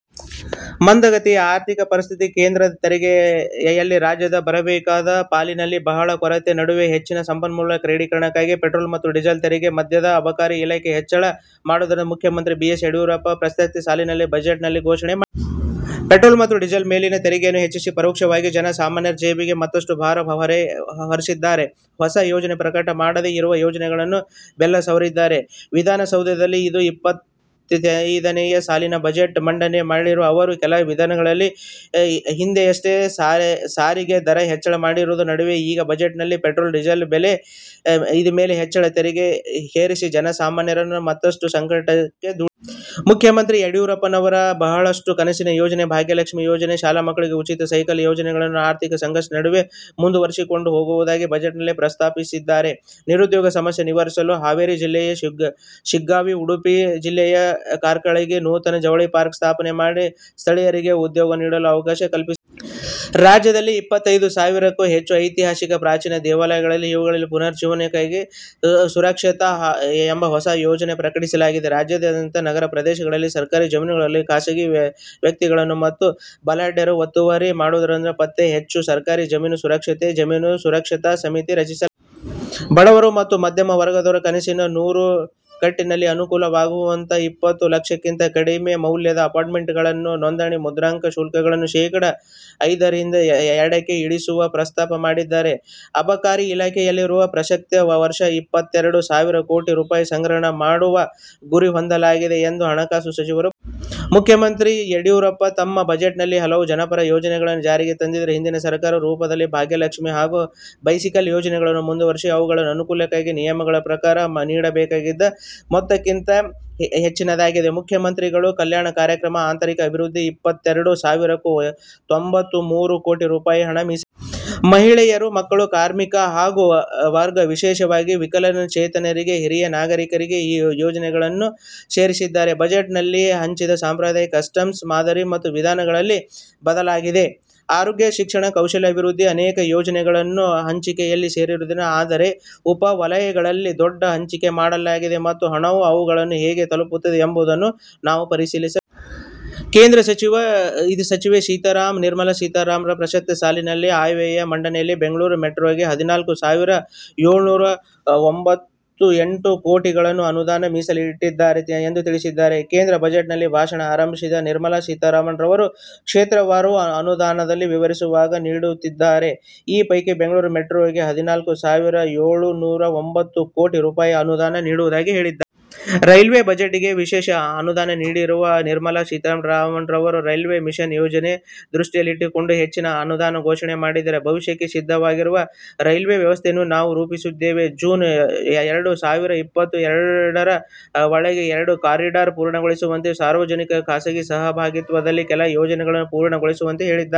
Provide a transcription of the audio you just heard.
ಮಂದಗತಿಯ ಆರ್ಥಿಕ ಪರಿಸ್ಥಿತಿ, ಕೇಂದ್ರದ ತೆರಿಗೆಯಲ್ಲಿ ರಾಜ್ಯಕ್ಕೆ ಬರಬೇಕಾದ ಪಾಲಿನಲ್ಲಿ ಬಹಳ ಕೊರತೆಯ ನಡುವೆ ಹೆಚ್ಚಿನ ಸಂಪನ್ಮೂಲ ಕ್ರೋಢೀಕರಣಕ್ಕಾಗಿ ಪೆಟ್ರೋಲ್ ಮತ್ತು ಡೀಸೆಲ್ ತೆರಿಗೆ, ಮದ್ಯದ ಮೇಲೆ ಅಬಕಾರಿ ತೆರಿಗೆ ಹೆಚ್ಚಳ ಮಾಡುವುದಾಗಿ ಮುಖ್ಯಮಂತ್ರಿ ಬಿ. ಎಸ್ ಯಡಿಯೂರಪ್ಪ ಪ್ರಸಕ್ತ ಸಾಲಿನ ಬಜೆಟ್ ನಲ್ಲಿ ಘೋಷಣೆ ಮಾಡಿದ್ದಾರೆ. ಪೆಟ್ರೋಲ್ ಮತ್ತು ಡೀಸೆಲ್ ಮೇಲಿನ ತೆರಿಗೆಯನ್ನು ಹೆಚ್ಚಿಸಿ ಪರೋಕ್ಷವಾಗಿ ಜನ ಸಾಮಾನ್ಯರ ಜೇಬಿಗೆ ಮತ್ತಷ್ಟು ಭಾರದ ಹೊರೆ ಹೊರಿಸಿದ್ದಾರೆ. ಹೊಸ ಯೋಜನೆ ಪ್ರಕಟ ಮಾಡದೇ, ಇರುವ ಯೋಜನೆಗೆ ಬೆಲ್ಲ ಸವರಿದ್ದಾರೆ. ವಿಧಾನಸೌಧದಲ್ಲಿ ಇಂದು ಇಪ್ಪತ್ತೊಂದನೇ ಸಾಲಿನ ಬಜೆಟ್ ಮಂಡನೆ ಮಾಡಿದ ಅವರು, ಕೆಲ ದಿನಗಳ ಹಿಂದೆಯಷ್ಟೇ ಸಾರಿಗೆ ದರ ಹೆಚ್ಚಳ ಮಾಡಿರುವ ನಡುವೆಯೇ ಈಗ ಬಜೆಟ್ ನಲ್ಲಿ ಪೆಟ್ರೋಲ್ ಮತ್ತು ಡೀಸೆಲ್ ಮೇಲೆ ಹೆಚ್ಚಿನ ತೆರಿಗೆ ಹೊರಿಸಿ ಜನಸಾಮಾನ್ಯರನ್ನು ಮತ್ತಷ್ಟು ಸಂಕಷ್ಟಕ್ಕೆ ದೂಡಿದ್ದಾರೆ. ಮುಖ್ಯಮಂತ್ರಿ ಯಡಿಯೂರಪ್ಪ ಅವರ ಬಹಳ ಕನಸಿನ ಯೋಜನೆಯಾದ ಭಾಗ್ಯಲಕ್ಷಿ ಯೋಜನೆ, ಶಾಲಾ ಮಕ್ಕಳಿಗೆ ಉಚಿತ ಸೈಕಲ್ ನೀಡುವ ಯೋಜನೆಯನ್ನು ಆರ್ಥಿಕ ಸಂಕಷ್ಟದ ನಡುವೆಯೂ ಮುಂದುವರಿಸಿಕೊಂಡು ಹೋಗುವುದಾಗಿ ಬಜೆಟ್ ನಲ್ಲಿ ಪ್ರಸ್ತಾಪಿಸಿದ್ದಾರೆ. ನಿರುದ್ಯೋಗ ಸಮಸ್ಯೆ ನಿವಾರಿಸಲು ಹಾವೇರಿ ಜಿಲ್ಲೆಯ ಶಿಗ್ಗಾವಿ, ಉಡುಪಿ ಜಿಲ್ಲೆಯ ಕಾರ್ಕಳದಲ್ಲಿ ನೂತನ ಜವಳಿ ಪಾರ್ಕ್ ಸ್ಥಾಪನೆ ಮಾಡಿ, ಸ್ಥಳೀಯರಿಗೆ ಉದ್ಯೋಗ ನೀಡಲು ಅವಕಾಶ ಮಾಡಿಕೊಡಲಾಗಿದೆ. ರಾಜ್ಯದಲ್ಲಿ ಇಪ್ಪತೈದು ಸಾವಿರಕ್ಕೂ ಹೆಚ್ಚು ಐತಿಹಾಸಿಕ ಪ್ರಾಚೀನ ದೇವಾಲಯಗಳಿದ್ದು, ಇವುಗಳ ಪುನರುಜ್ಜೀವನಕ್ಕಾಗಿ ಸಂರಕ್ಷಣಾ ಎಂಬ ಹೊಸ ಯೋಜನೆಯನ್ನು ಪ್ರಕಟಿಸಲಾಗಿದೆ. ರಾಜ್ಯಾದ್ಯಂತ ನಗರಪ್ರದೇಶಗಳಲ್ಲಿ ಸರ್ಕಾರಿ ಜಮೀನುಗಳನ್ನು ಖಾಸಗೀ ವ್ಯಕ್ತಿಗಳು ಮತ್ತು ಬಲಾಢ್ಯರು ಒತ್ತುವರಿ ಮಾಡುವುದನ್ನು ಪತ್ತೆ ಹಚ್ಚಿ, ಸರ್ಕಾರಿ ಜಮೀನು ಸಂರಕ್ಷಣೆಗಾಗಿ ಜಮೀನು ಸಂರಕ್ಷಣಾ ಸಮಿತಿ ರಚಿಸಲಾಗುತ್ತಿದೆ. ಬಡವರು ಮತ್ತು ಮಧ್ಯಮ ವರ್ಗದವರ ಕನಸಿನ ಸೂರು ಕಟ್ಟಿಕೊಳ್ಳಲು ಅನುಕೂಲವಾಗುವಂತೆ ಇಪ್ಪತ್ತು ಲಕ್ಷಕ್ಕಿಂತ ಕಡಿಮೆ ಮೌಲ್ಯದ ಅಪಾರ್ಟ್ ಮೆಂಟ್ ಗಳ ನೋಂದಣಿ ಮುದ್ರಾಂಕ ಶುಲ್ಕವನ್ನು ಶೇಕಡಾ ಐದರಿಂದ ಎರಡಕ್ಕೆ ಇಳಿಸುವ ಪ್ರಸ್ತಾಪ ಮಾಡಿದ್ದಾರೆ. ಅಬಕಾರಿ ಇಲಾಖೆಯಿಂದ ಪ್ರಸಕ್ತ ವರ್ಷ ಇಪ್ಪತ್ತೆರಡು ಸಾವಿರ ಕೋಟಿ ತೆರಿಗೆ ಸಂಗ್ರಹ ಮಾಡುವ ಗುರಿ ಹೊಂದಲಾಗಿದೆ ಎಂದು ಹಣಕಾಸು ಸಚಿವರು ಪ್ರಕಟಿಸಿದ್ದಾರೆ. ಮುಖ್ಯಮಂತ್ರಿ ಯಡಿಯೂರಪ್ಪ ತಮ್ಮ ಬಜೆಟ್ ನಲ್ಲಿ ಹಲವು ಜನಪರ ಯೋಜನೆಗಳನ್ನು ಜಾರಿಗೆ ತಂದಿದ್ದಾರೆ. ಹಿಂದಿನ ಸರ್ಕಾರ ರೂಪಿಸಿದ್ದ ಭಾಗ್ಯಲಕ್ಷ್ಮಿ ಹಗೂ ಬೈಸಿಕಲ್ ಯೋಜನೆಗಳನ್ನು ಮುಂದುವರಿಸಿದ್ದಾರೆ. ಅವುಗಳ ಅನುದಾನವು ನಿಯಮಗಳ ಪ್ರಕಾರ ನೀಡಬೇಕಾದ ಮೊತ್ತಕ್ಕಿಂತ ಹೆಚ್ಚಿನದಾಗಿದೆ. ಮುಖ್ಯಮಂತ್ರಿಗಳ, ಕಲ್ಯಾಣ ಮತ್ತು ಆಂತರಿಕ ಅಭಿೃದ್ಧಿಗೆ ಎಪ್ಪತ್ತೆರಡು ಸಾವಿರದ ತೊಂಬತ್ತ ಮೂರು ಕೋಟಿ ರುಪಾಯಿ ಹಣ ಮೀಸಲಿಟ್ಟಿದ್ದಾರೆ. ಮಹಿಳೆಯರು, ಮಕ್ಕಳು, ಕಾರ್ಮಿಕ ವರ್ಗ, ವಿಶೇಷವಾಗಿ ವಿಕಲಚೇತನರಿಗೆ ಮತ್ತು ಹಿರಿಯ ನಾಗರಿಕರನ್ನು ಈ ಯೋಜನೆಗಳಿಗೆ ಸೇರಿದ್ದಾರೆ. ಬಜೆಟ್ ಹಂಚಿಕೆ ಸಾಂಪ್ರದಾಯಿಕದಿಂದ ಕ್ಲಸ್ಟರ್ ಮಾದರಿ ವಿಧಾನಕ್ಕೆ ಬದಲಾಗಿದೆ. ಆರೋಗ್ಯ, ಶಿಕ್ಷಣ, ಕೌಶಲ್ಯ ಅಭಿವೃದ್ಧಿ ಮತ್ತು ಅನೇಕವನ್ನು ಕಲ್ಯಾಣ ಹಂಚಿಕೆಯಡಿ ಸೇರಿಸಲಾಗಿದೆ. ಆದರೆ ಈ ಉಪ ವಲಯಗಳಿಗೆ ದೊಡ್ಡ ಹಂಚಿಕೆ ಮಾಡಲಾಗಿದೆಯೇ ಮತ್ತು ಹಣವು ಅವುಗಳನ್ನು ಹೇಗೆ ತಲುಪುತ್ತದೆ ಎಂಬುದನ್ನು ನಾವು ಪರಿಶೀಲಿಸಬೇಕಾಗಿದೆ. ಕೇಂದ್ರ ವಿತ್ತ ಸಚಿವೆ ನಿರ್ಮಲಾ ಸೀತಾರಾಮನ್ ಅವರು ಪ್ರಸಕ್ತ ಸಾಲಿನ ಆಯವ್ಯಯ ಮಂಡನೆಯಲ್ಲಿ ಬೆಂಗಳೂರು ಮೆಟ್ರೋಗೆ ಹದಿನಾಲ್ಕು ಸಾವಿರದ ಏಳುನೂರಾ ಎಂಬತ್ತ ಎಂಟು ಕೋಟಿ ಅನುದಾನ ಮೀಸಲಿಟ್ಟಿರುವುದಾಗಿ ತಿಳಿಸಿದ್ದಾರೆ. ಕೇಂದ್ರ ಬಜೆಟ್ ಭಾಷಣ ಆರಂಭಿಸಿರುವ ನಿರ್ಮಲಾ ಸೀತಾರಾಮನ್ ಅವರು ಕ್ಷೇತ್ರವಾರು ಅನುದಾನದ ವಿವರಗಳನ್ನು ನೀಡುತ್ತಿದ್ದಾರೆ. ಈ ಪೈಕಿ ಬೆಂಗಳೂರು ಮೆಟ್ರೋಗೆ ಹದಿನಾಲ್ಕು ಸಾವಿರದ ಏಳುನೂರಾ ಎಂಬತ್ತ ಎಂಟು ಕೋಟಿ ಅನುದಾನ ನೀಡುವುದಾಗಿ ಹೇಳಿದ್ದಾರೆ. ರೈಲ್ವೇ ಬಜೆಟ್'ಗೆ ವಿಶೇಷ ಅನುದಾನ ನೀಡಿರುವ ನಿರ್ಮಲಾ ಸೀತಾರಾಮನ್ ಅವರು ರೈಲ್ವೇ ಮಿಷನ್ ಯೋಜನೆಯನ್ನು ದೃಷ್ಟಿಯಲ್ಲಿಟ್ಟುಕೊಂಡು ಹೆಚ್ಚಿನ ಅನುದಾನ ಘೋಷಣೆ ಮಾಡಿದ್ದಾರೆ. ಭವಿಷ್ಯಕ್ಕೆ ಸಿದ್ಧವಾಗಿರುವ ರೈಲ್ವೆ ವ್ಯವಸ್ಥೆಯನ್ನು ನಾವು ರೂಪಿಸುತ್ತೇವೆ, ಜೂನ್ ಎರಡು ಸಾವಿರದ ಇಪ್ಪತ್ತ ಎರಡರ ಒಳಗೆ ಎರಡು ಕಾರಿಡಾರ್ ಪೂರ್ಣಗೊಳಿಸುತ್ತೇವೆ, ಸಾರ್ವಜನಿಕ ಖಾಸಗಿ ಸಹಭಾಗಿತ್ವದಲ್ಲಿ ಕೆಲ ಯೋಜನೆಗಳನ್ನು ಪೂರ್ಣಗೊಳಿಸುತ್ತೇವೆ ಎಂದು ತಿಳಿಸಿದ್ದಾರೆ.